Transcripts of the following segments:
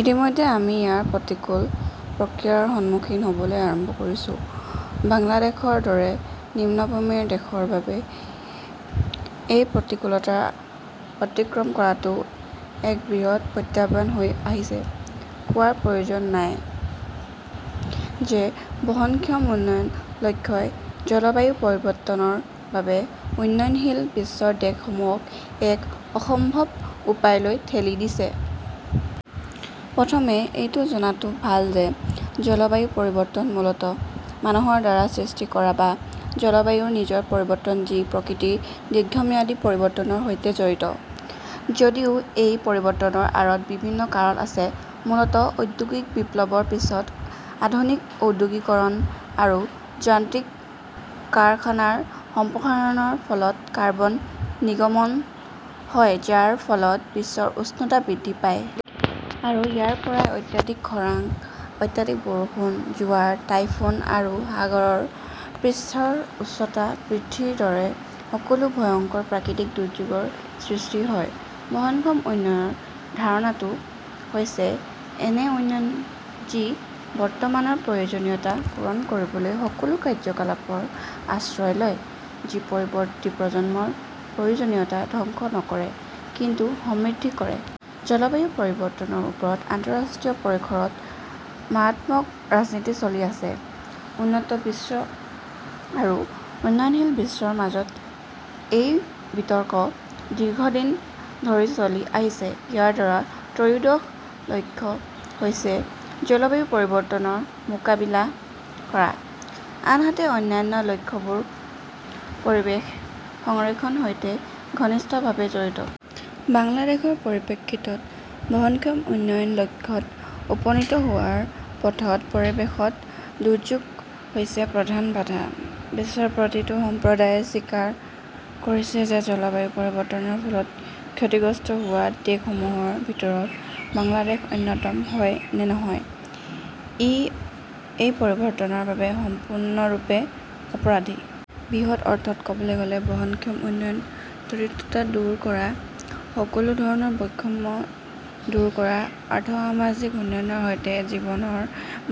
ইতিমধ্যে আমি ইয়াৰ প্ৰতিকূল প্ৰতিক্ৰিয়াৰ সন্মুখীন হ'বলৈ আৰম্ভ কৰিছো। বাংলাদেশৰ দৰে নিম্নভূমিৰ দেশৰ বাবে এই প্ৰতিকূলতা অতিক্ৰম কৰাটো এক বৃহৎ প্ৰত্যাহ্বান হৈ আহিছে। কোৱাৰ প্ৰয়োজন নাই যে বহনক্ষম উন্নয়নৰ লক্ষ্যই জলবায়ু পৰিৱৰ্তনৰ বাবে উন্নয়নশীল বিশ্বৰ দেশসমূহক এক অসম্ভৱ উপায়লৈ ঠেলি দিছে। প্ৰথমে এইটো জনাটো ভাল যে জলবায়ু পৰিৱৰ্তন মূলতঃ মানুহৰ দ্বাৰা সৃষ্টি কৰা বা জলবায়ুৰ নিজৰ পৰিৱৰ্তন যি প্ৰকৃতিৰ দীৰ্ঘম্যাদী পৰিৱৰ্তনৰ সৈতে জড়িত। যদিও এই পৰিৱৰ্তনৰ আঁৰত বিভিন্ন কাৰণ আছে, মূলতঃ ঔদ্যোগিক বিপ্লৱৰ পিছত আধুনিক ঔদ্যোগিকৰণ আৰু যান্ত্ৰিক কাৰখানাৰ সম্প্ৰসাৰণৰ ফলত কাৰ্বন নিৰ্গমন হয় যাৰ ফলত বিশ্বৰ উষ্ণতা বৃদ্ধি পায়। আৰু ইয়াৰ পৰাই অত্যাধিক খৰাং, অত্যাধিক বৰষুণ, জোৱাৰ, টাইফুন আৰু সাগৰ পৃষ্ঠৰ উচ্চতা বৃদ্ধিৰ দৰে সকলো ভয়ংকৰ প্ৰাকৃতিক দুৰ্যোগৰ সৃষ্টি হয়। বহনক্ষম উন্নয়নৰ ধাৰণাটো হৈছে এনে উন্নয়ন যি বৰ্তমানৰ প্ৰয়োজনীয়তা পূৰণ কৰিবলৈ সকলো কাৰ্যকলাপৰ আশ্ৰয় লয়, যি পৰৱৰ্তী প্ৰজন্মৰ প্ৰয়োজনীয়তা ধ্বংস নকৰে কিন্তু সমৃদ্ধ কৰে। জলবায়ু পৰিৱৰ্তনৰ ওপৰত আন্তঃৰাষ্ট্ৰীয় পৰিসৰত মাৰাত্মক ৰাজনীতি চলি আছে। উন্নত বিশ্ব আৰু উন্নয়নশীল বিশ্বৰ মাজত এই বিতৰ্ক দীৰ্ঘদিন ধৰি চলি আহিছে। ইয়াৰ ত্ৰয়োদশ লক্ষ্য হৈছে জলবায়ু পৰিৱৰ্তনৰ মোকাবিলা কৰা, আনহাতে অন্যান্য লক্ষ্যবোৰো পৰিৱেশ সংৰক্ষণৰ সৈতে ঘনিষ্ঠভাৱে জড়িত। বাংলাদেশৰ পৰিপ্ৰেক্ষিতত বহনক্ষম উন্নয়ন লক্ষ্যত উপনীত হোৱাৰ পথত পৰিৱেশগত দুৰ্যোগ হৈছে প্ৰধান বাধা। বিশ্বৰ প্ৰতিটো সম্প্ৰদায়ে স্বীকাৰ কৰিছে যে জলবায়ু পৰিৱৰ্তনৰ ফলত ক্ষতিগ্ৰস্ত হোৱা দেশসমূহৰ ভিতৰত বাংলাদেশ অন্যতম হয় নে নহয়, ই এই পৰিৱৰ্তনৰ বাবে সম্পূৰ্ণৰূপে অপৰাধী। বৃহৎ অৰ্থত ক'বলৈ গ'লে, বহনক্ষম উন্নয়ন, দৰিদ্ৰতা দূৰ কৰা, সকলো ধৰণৰ বৈষম্য দূৰ কৰা, আৰ্থ-সামাজিক উন্নয়নৰ সৈতে জীৱনৰ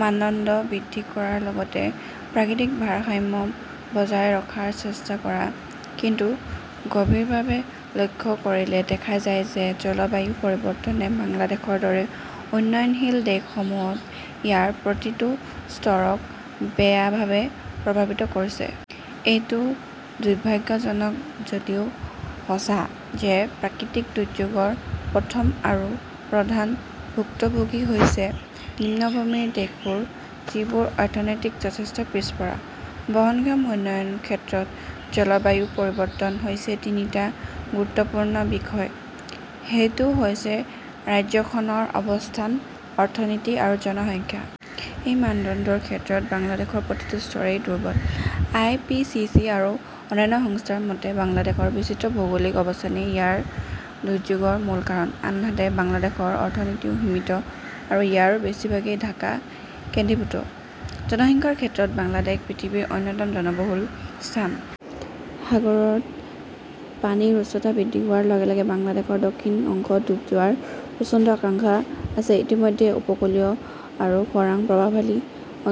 মানদণ্ড বৃদ্ধি কৰাৰ লগতে প্ৰাকৃতিক ভাৰসাম্য বজাই ৰখাৰ চেষ্টা কৰা; কিন্তু গভীৰভাৱে লক্ষ্য কৰিলে দেখা যায় যে জলবায়ু পৰিৱৰ্তনে বাংলাদেশৰ দৰে উন্নয়নশীল দেশসমূহত ইয়াৰ প্ৰতিটো স্তৰক বেয়াভাৱে প্ৰভাৱিত কৰিছে। এইটো দুৰ্ভাগ্যজনক যদিও সঁচা যে প্ৰাকৃতিক দুৰ্যোগৰ প্ৰথম আৰু প্ৰধান ভুক্তভোগী হৈছে নিম্নভূমিৰ দেশবোৰ, যিবোৰ অৰ্থনৈতিকভাৱে যথেষ্ট পিছপৰা। বহনক্ষম উন্নয়নৰ ক্ষেত্ৰত জলবায়ু পৰিৱৰ্তন হৈছে তিনিটা গুৰুত্বপূৰ্ণ বিষয়। সেইটো হৈছে ৰাজ্যখনৰ অৱস্থান, অৰ্থনীতি আৰু জনসংখ্যা। এই মানদণ্ডৰ ক্ষেত্ৰত বাংলাদেশৰ প্ৰতিটো স্তৰেই দুৰ্বল। আই. পি. চি. চি. আৰু অন্যান্য সংস্থাৰ মতে বাংলাদেশৰ বিচিত্ৰ ভৌগোলিক অৱস্থানেই ইয়াৰ দুৰ্যোগৰ মূল কাৰণ। আনহাতে বাংলাদেশৰ অৰ্থনীতিও সীমিত আৰু ইয়াৰ বেছিভাগেই ঢাকা কেন্দ্ৰীভূত। জনসংখ্যাৰ ক্ষেত্ৰত বাংলাদেশ পৃথিৱীৰ অন্যতম জনবহুল স্থান। সাগৰত পানীৰ উচ্চতা বৃদ্ধি হোৱাৰ লগে লগে বাংলাদেশৰ দক্ষিণ অংশ ডুব যোৱাৰ প্ৰচণ্ড আশংকা আছে। ইতিমধ্যে উপকূলীয় আৰু খৰাং প্ৰভাৱশালী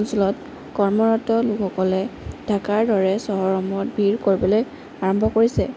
অঞ্চলৰ কৰ্মৰত লোকসকলে ঢাকাৰ দৰে চহৰসমূহত ভিৰ কৰিবলৈ আৰম্ভ কৰিছে।